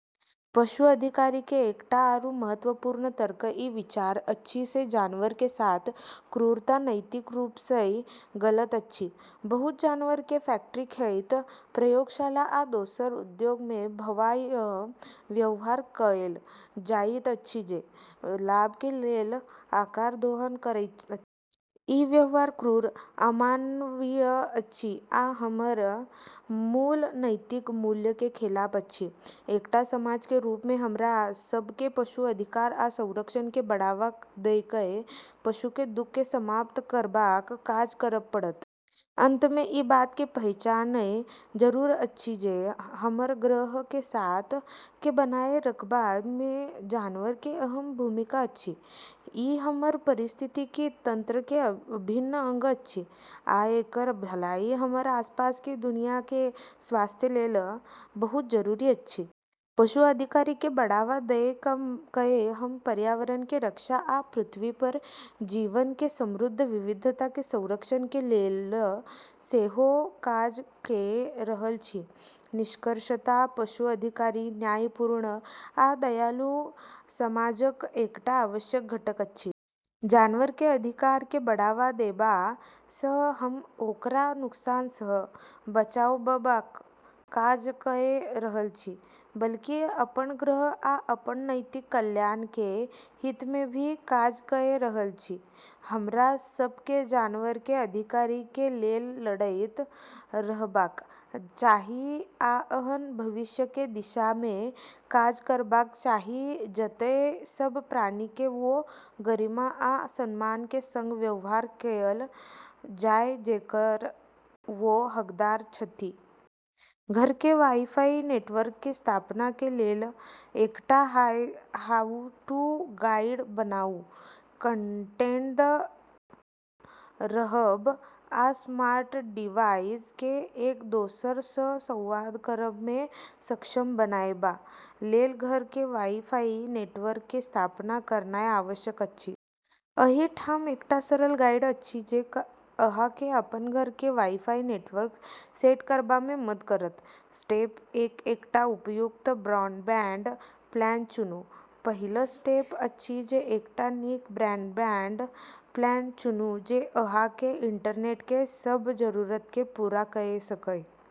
पशु अधिकार के एकटा आरू महत्वपूर्ण तर्क ई विचार अछि जे जानवर के साथ क्रूरता नैतिक रूप सँ गलत अछि। बहुत जानवर के फैक्ट्री खेत, प्रयोगशाला, आ दोसर उद्योग मे भयावह व्यवहार कएल जाइत अछि जे लाभ के लेल ओकर दोहन करैत अछि। ई व्यवहार क्रूर, अमानवीय अछि आ हमर मूल नैतिक मूल्य के खिलाफ अछि। एकटा समाज के रूप मे हमरा सब के पशु अधिकार आ संरक्षण के बढ़ावा दए कए पशु के दुख के समाप्त करबाक काज करब पड़त। अंत मे ई बात के पहचाननाय जरूरी अछि जे हमर ग्रह के स्वास्थ्य के बनाए रखबा मे जानवर के अहम भूमिका अछि। ई हमर पारिस्थितिकी तंत्र के अभिन्न अंग अछि, आ एकर भलाई हमर आसपास के दुनिया के स्वास्थ्य लेल बहुत जरूरी अछि। पशु अधिकार के बढ़ावा दए कए हम पर्यावरण के रक्षा आ पृथ्वी पर जीवन के समृद्ध विविधता के संरक्षण के लेल सेहो काज कए रहल छी। निष्कर्षतः पशु अधिकार न्यायपूर्ण आ दयालु समाजक एकटा आवश्यक घटक अछि। जानवर के अधिकार के बढ़ावा देबा सँ हम ओकरा नुकसान सँ ही बचाबबाक काज कए रहल छी, बल्कि अपन ग्रह आ अपन नैतिक कल्याण के हित मे भी काज कए रहल छी। हमरा सब के जानवर के अधिकार के लेल लड़ैत रहबाक चाही आ एहन भविष्य के दिशा मे काज करबाक चाही जतय सब प्राणी के ओ गरिमा आ सम्मान के संग व्यवहार कएल जाय जेकर ओ हकदार छथि। घर के वाई-फाई नेटवर्क के स्थापना के लेल एकटा हाउ-टू गाइड बनाऊ। कनेक्टेड रहब आ स्मार्ट डिवाइस के एक दोसर सँ संवाद करब मे सक्षम बनाएबा लेल घर के वाई-फाई नेटवर्क के स्थापना करनाय आवश्यक अछि। एहि ठाम एकटा सरल गाइड अछि जे अहाँ के अपन घर के वाई-फाई नेटवर्क सेट करबा मे मदद करत। स्टेप एक एकटा उपयुक्त ब्रॉडबैंड प्लान चुनू। पहिल स्टेप अछि जे एकटा नीक ब्रॉडबैंड प्लान चुनू जे अहाँ के इंटरनेट के सब जरूरत के पूरा कए सकए।